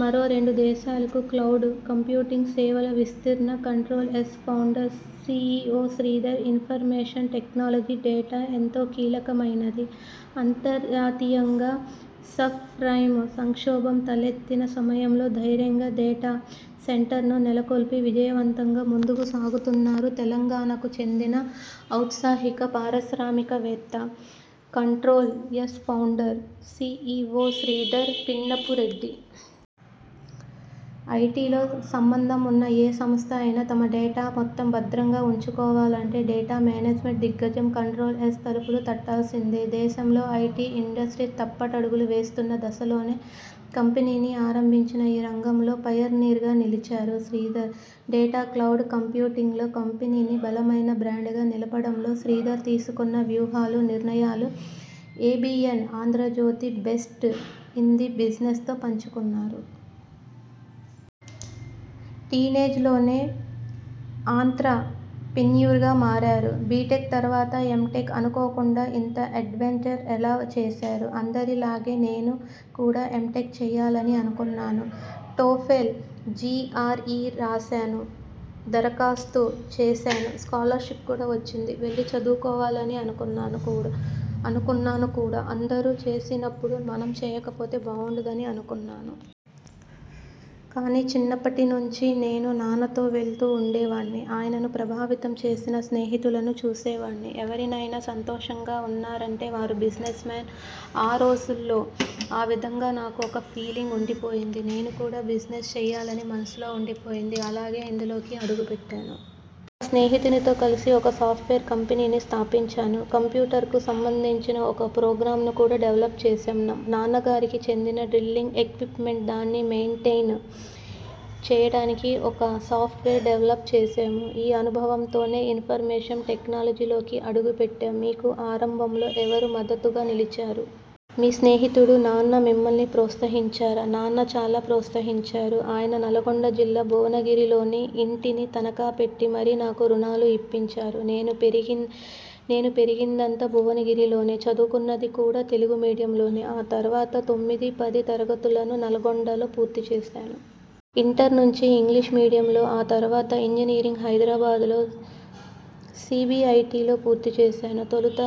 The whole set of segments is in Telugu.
మరో ఏడు దేశాలకు క్లౌడ్ కంప్యూటింగ్ సేవల విస్తరణ Control S founder, CEO Sridhar information టెక్నాలజీలో డేటా ఎంతో కీలకమైంది. అంతర్జాతీయంగా సబ్ప్రైమ్ సంక్షోభం తలెత్తిన సమయంలో ధైర్యంగా డేటా సెంటర్ను నెలకొల్పి విజయవంతంగా ముందుకు సాగుతున్నారు తెలంగాణకు చెందిన ఔత్సాహిక పారిశ్రామికవేత్త, Control S founder, CEO Sridhar Pinnapureddy. ఐటితో సంబంధం ఉన్న ఏ సంస్థ అయినా తమ డేటా మొత్తం భద్రంగా ఉంచుకోవాలంటే డేటా మేనేజ్మెంట్ దిగ్గజం కంట్రోల్ఎస్ తలుపులు తట్టాల్సిందే. దేశంలో ఐటి ఇండస్ట్రీ తప్పటడుగులు వేస్తున్న దశలోనే కంపెనీని ఆరంభించి ఈ రంగంలో పయనీర్గా నిలిచారు శ్రీధర్. డేటా, క్లౌడ్ కంప్యూటింగ్లో కంపెనీని బలమైన బ్రాండ్గా నిలపడంలో శ్రీధర్ తీసుకున్న వ్యూహాలు, నిర్ణయాలను 'ABN Andhrajyothy best in the బిజినెస్'తో పంచుకున్నారు. టీనేజ్లోనే ఆంత్రప్రెన్యూర్గా మారారు. బిటెక్ తర్వాత ఎంటెక్ అనుకోకుండా ఇంత అడ్వెంచర్ ఎలా చేశారు? అందరిలాగే నేను కూడా ఎంటెక్ చేయాలని అనుకున్నాను. టోఫెల్, జిఆర్ఇ రాశాను. దరఖాస్తు చేశాను స్కాలర్షిప్ కూడా వచ్చింది. వెళ్లి చదువుకోవాలని అనుకున్నాను కూడా అందరు చేసినప్పుడు మనం చేయకపోతే బావుండదని అనుకున్నాను. కాని చిన్నప్పటి నుంచి నేను నాన్నతో వెళుతూ ఉండేవాన్ని. ఆయనను ప్రభావితం చేసిన స్నేహితులను చూసేవాడిని. ఎవరైనా సంతోషంగా ఉన్నారంటే వారు బిజినెస్ మెన్స్ ఆ రోజుల్లో. ఆ విధంగా నాకు ఒక ఫీలింగ్ ఉండిపోయింది. నేను కూడా బిజినెస్ చేయాలని మనసులో ఉండిపోయింది. అలాగే ఇందులోకి అడుగుపెట్టాను. ఒక స్నేహితునితో కలిసి ఒక సాఫ్ట్వేర్ కంపెనీని స్థాపించాను. కంప్యూటర్కు సంబంధించి ఒక ప్రొగ్రామ్ను కూడా డెవలప్ చేశాం. నాన్న గారికి చెందిన డ్రిల్లింగ్ ఎక్విప్మెంట్, దాన్ని మెయింటెయిన్ చేయటానికి ఒక సాఫ్ట్వేర్ డెవలప్ చేశాం. ఈ అనుభవంతోనే ఇన్ఫర్మేషన్ టెక్నాలజీ లోకి అడుగుపెట్టాం. మీకు ఆరంభంలో ఎవరు మద్దతుగా నిలిచారు? మీ స్నేహితుడు, నాన్న మిమ్మల్ని ప్రోత్సహించారా? నాన్న చాలా ప్రోత్సహించారు. ఆయన నల్లగొండ జిల్లా భువనగిరిలోని ఇంటిని తనఖా పెట్టి మరీ నాకు రుణాలు ఇప్పించారు. నేను పెరిగి నేను పెరిగిదంతా భువనగిరిలోనే చదువుకున్నది కూడా తెలుగు మీడియంలోనే. ఆ తర్వాత తొమ్మిది, పది తరగతులను నల్లగొండలో పూర్తి చేశాను. ఇంటర్ నుంచి ఇంగ్లీష్ మీడియంలో ఆ తర్వాత ఇంజనీరింగ్ హైదరాబాద్ లో సిబిఐటిలో పూర్తి చేశాను. తొలుత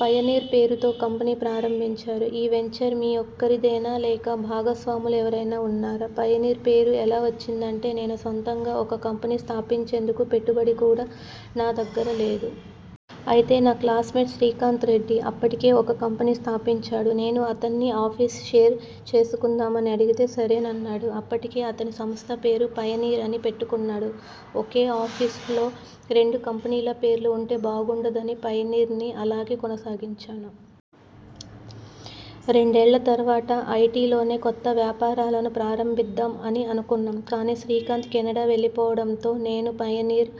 పయనీర్ పేరుతో కంపెనీ ప్రారంభించారు. ఈ వెంచర్ మీ ఒక్కరిదేనా లేక భాగస్వాములు ఎవరైనా ఉన్నారా? పయనీర్ పేరు ఎలా వచ్చిందంటే నేను సొంతంగా ఒక కంపెనీ స్థాపించేందుకు పెట్టుబడి కూడా నా దగ్గర లేదు. అయితే నా క్లాస్మేట్ శ్రీకాంత్ రెడ్డి అప్పటికే ఒక కంపెనీ స్థాపించాడు. నేను అతన్ని ఆఫీస్ షేర్ చేసుకుందామని అడిగితే సరేనన్నాడు. అప్పటికే అతని సంస్థ పేరు పయనీర్ అని పెట్టుకున్నాడు. ఒకే ఆఫీస్ లో రెండు కంపెనీల పేర్లు ఉంటే బాగుండదని పయనీర్ని అలాగే కొనసాగించాను. రెండేళ్ల తర్వాత ఐటిలోనే కొత్త వ్యాపారాలను ప్రారంభిద్దాం అని అనుకున్నాం. కాని శ్రీకాంత్ కెనడా వెళ్లిపోవటంతో నేను పయనీర్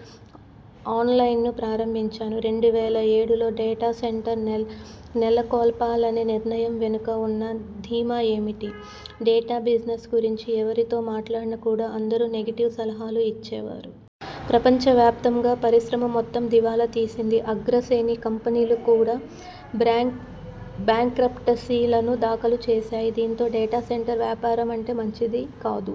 ఆన్లైన్ను ప్రారంభించాను. రెండు వేల ఏడులో డేటా సెంటర్ నెలకొల్పాలనే నిర్ణయం వెనుక ఉన్న ధీమా ఏమిటి? డేటా బిజినెస్ గురించి ఎవరితో మాట్లాడినా కూడా అందరు నెగిటివ్ సలహాలు ఇచ్చేవారు. ప్రపంచవ్యాప్తంగా పరిశ్రమ మొత్తం దివాలా తీసింది. అగ్రశ్రేణి కంపెనీలు కూడా బ్యాంక్రప్టసీ ను దాఖలు చేశాయి. దీంతో డేటా సెంటర్ వ్యాపారం అంటే మంచిది కాదు